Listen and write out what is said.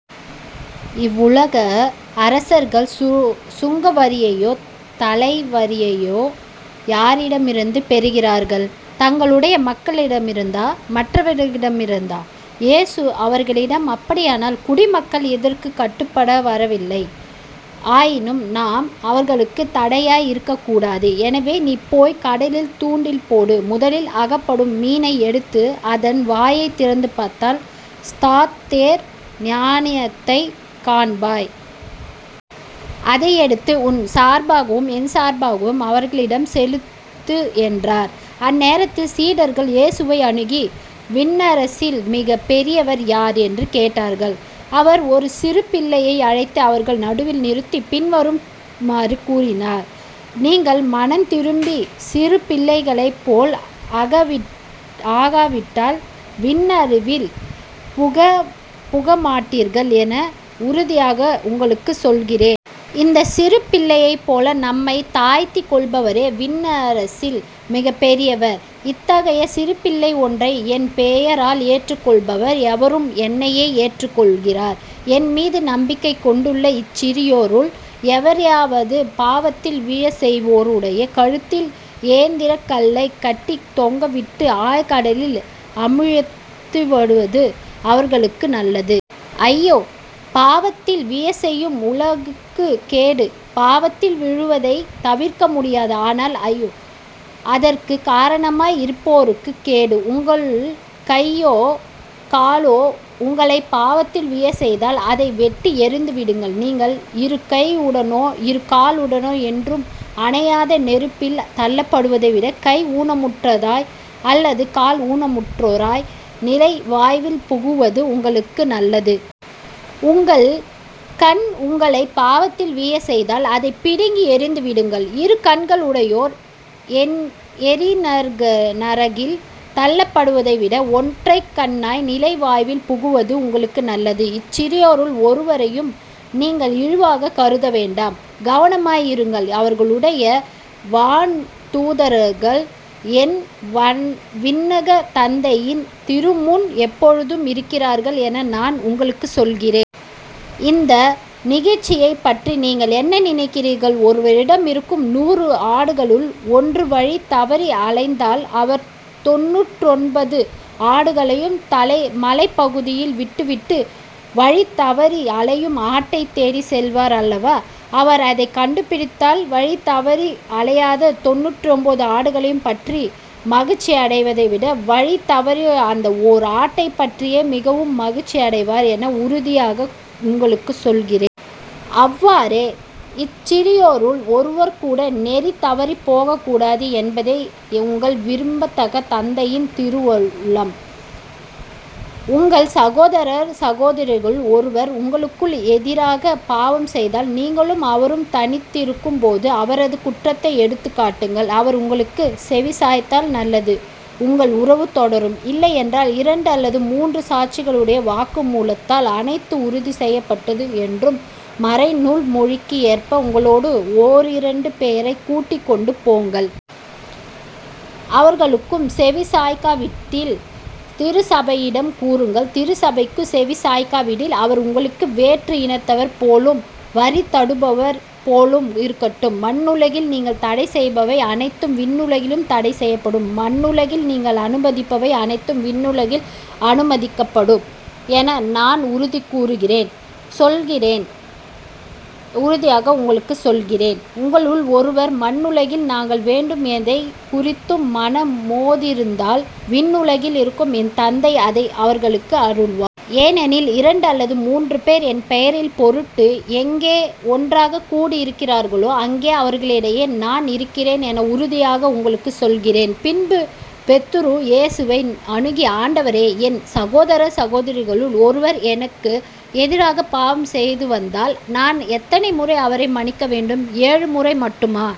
இவ்வுலக அரசர்கள் சுங்க வரியையோ தலைவரியையோ யாரிடமிருந்து பெறுகின்றார்கள்? தங்களுடைய மக்களிடமிருந்தா? மற்றவிடமிருந்தா? இயேசு அவரிடம் அப்படியானால் குடிமக்கள் இதற்குக் கட்டுப்பட்டவரல்ல. ஆயினும் நாம் அவர்களுக்கு தடையாய் இருக்கக் கூடாது. எனவே நீ போய்க் கடலில் தூண்டில் போடு முதலில் அகப்படும் மீனை எடுத்து அதன் வாயைத் திறந்து பார்த்தால் ஸதாத்தேர் நாணயத்தைக் காண்பாய். அதை எடுத்து உன் சார்பாகவும் என் சார்பாகவும் அவர்களிடம் செலுத்து என்றார். அந்நேரத்தில் சீடர்கள் இயேசுவை அணுகி விண்ணரசில் மிகப் பெரியவர் யார்? என்று கேட்டார்கள். அவர் ஒரு சிறு பிள்ளையை அழைத்து அவர்கள் நடுவில் நிறுத்தி பின்வருமாறு கூறினார் நீங்கள் மனந்திரும்பிச் சிறு பிள்ளைகளைப்போல் ஆகாவிட்டால் விண்ணரசில் புகமாட்டீர்கள் என உறுதியாக உங்களுக்குச் சொல்கிறேன். இந்தச் சிறு பிள்ளையைப்போலத் தம்மைத் தாழ்த்திக் கொள்பவரே விண்ணரசில் மிகப் பெரியவர். இத்தகைய சிறு பிள்ளை ஒன்றை என் பெயரால் ஏற்றுக்கொள்பவர் எவரும் என்னையே ஏற்றுக்கொள்கிறார். என்மீது நம்பிக்கை கொண்டுள்ள இச்சிறியோருள் எவரையாவது பாவத்தில் விழச்செய்வோருடைய கழுத்தில் எந்திரக் கல்லைக் கட்டித் தொங்கவிட்டு ஆழ்கடலில் அமிழ்த்துவது அவர்களுக்கு நல்லது. ஐயோ. பாவத்தில் விழச்செய்யும் உலகுக்குக் கேடு. பாவத்தில் விழுவதைத் தவிர்க்க முடியாது. ஆனால் ஐயோ. அதற்குக் காரணமாய் இருப்போருக்குக் கேடு. உங்கள் கையோ காலோ உங்களைப் பாவத்தில் விழச்செய்தால் அதை வெட்டி எறிந்துவிடுங்கள். நீங்கள் இருகையுடனோ இரு காலுடனோ என்றும் அணையாத நெருப்பில் தள்ளப்படுவதைவிடக் கை ஊனமுற்றோராய் அல்லது கால் ஊனமுற்றோராய் நிலை வாழ்வில் புகுவது உங்களுக்கு நல்லது. உங்கள் கண் உங்களைப் பாவத்தில் விழச்செய்தால் அதைப் பிடுங்கி எறிந்துவிடுங்கள். இரு கண்ணுடையவராய் எரிநரகில் தள்ளப்படுவதைவிட ஒற்றைக்கண்ணராய் நிலை வாழ்வில் புகுவது உங்களுக்கு நல்லது. இச்சிறியோருள் ஒருவரையும் நீங்கள் இழிவாகக் கருதவேண்டாம் கவனமாயிருங்கள். இவர்களுடைய வானதூதர்கள் என் விண்ணகத் தந்தையின் திருமுன் எப்பொழுதும் இருக்கின்றார்கள் என நான் உங்களுக்குச் சொல்லுகிறேன். இந்த நிகழ்ச்சியைப்பற்றி நீங்கள் என்ன நினைக்கிறீர்கள்? ஒருவரிடம் இருக்கும் நூறு ஆடுகளுள் ஒன்று வழி தவறி அலைந்தால் அவர் தொண்ணூற்றொன்பது ஆடுகளையும் மலைப்பகுதியில் விட்டுவிட்டு வழிதவறி அலையும் ஆட்டைத் தேடிச் செல்வார் அல்லவா? அவர் அதைக் கண்டுபிடித்தால் வழிதவறி அலையாத தொண்ணூற்றொன்பது ஆடுகளையும் பற்றி மகிழ்ச்சியடைவதைவிட வழி தவறிய அந்த ஓர் ஆட்டைப்பற்றியே மிகவும் மகிழ்ச்சியடைவார் என உறுதியாக உங்களுக்குச் சொல்லுகிறேன். அவ்வாறே இச்சிறியோருள் ஒருவர்கூட நெறி தவறிப் போகக்கூடாது என்பதே உங்கள் விண்ணகத் தந்தையின் திருவுளம். உங்கள் சகோதரர் சகோதரிகளுள் ஒருவர் உங்களுக்கு எதிராகப் பாவம் செய்தால் நீங்களும் அவரும் தனித்திருக்கும்போது அவரது குற்றத்தை எடுத்துக்காட்டுங்கள். அவர் உங்களுக்குச் செவிசாய்த்தால் நல்லது உங்கள் உறவு தொடரும். இல்லையென்றால் இரண்டு அல்லது மூன்று சாட்சிகளுடைய வாக்குமூலத்தால் அனைத்தும் உறுதி செய்யப்படும் என்னும் மறைநூல் மொழிக்கு ஏற்ப உங்களோடு ஒன்றிரண்டு பேரைக் கூட்டிக் கொண்டு போங்கள். அவர்களுக்கும் செவிசாய்க்காவிடில் திருச்சபையிடம் கூறுங்கள். திருச்சபைக்கும் செவிசாய்க்காவிடில் அவர் உங்களுக்கு வேற்று இனத்தவர் போலவும் வரிதண்டுபவர் போலவும் இருக்கட்டும். மண்ணுலகில் நீங்கள் தடைசெய்பவை அனைத்தும் விண்ணுலகிலும் தடைசெய்யப்படும் மண்ணுலகில் நீங்கள் அனுமதிப்பவை அனைத்தும் விண்ணுலகிலும் அனுமதிக்கப்படும் என நான் உறுதியாக உங்களுக்குச் சொல்கிறேன். உங்களுள் இருவர் மண்ணுலகில் தாங்கள் வேண்டும் எதைக் குறித்தும் மனமொத்திருந்தால் விண்ணுலகில் இருக்கும் என் தந்தை அதை அவர்களுக்கு அருள்வார். ஏனெனில் இரண்டு அல்லது முன்று பேர் என் பெயரின் பொருட்டு எங்கே ஒன்றாகக் கூடியிருக்கின்றார்களோ அங்கே அவர்களிடையே நான் இருக்கிறேன் என உறுதியாக உங்களுக்கு சொல்கிறேன். பின்பு பேதுரு இயேசுவை அணுகி ஆண்டவரே என் சகோதரர் சகோதரிகளுள் ஒருவர் எனக்கு எதிராகப் பாவம் செய்துவந்தால் நான் எத்தனை முறை அவரை மன்னிக்க வேண்டும்? ஏழு முறை மட்டுமா?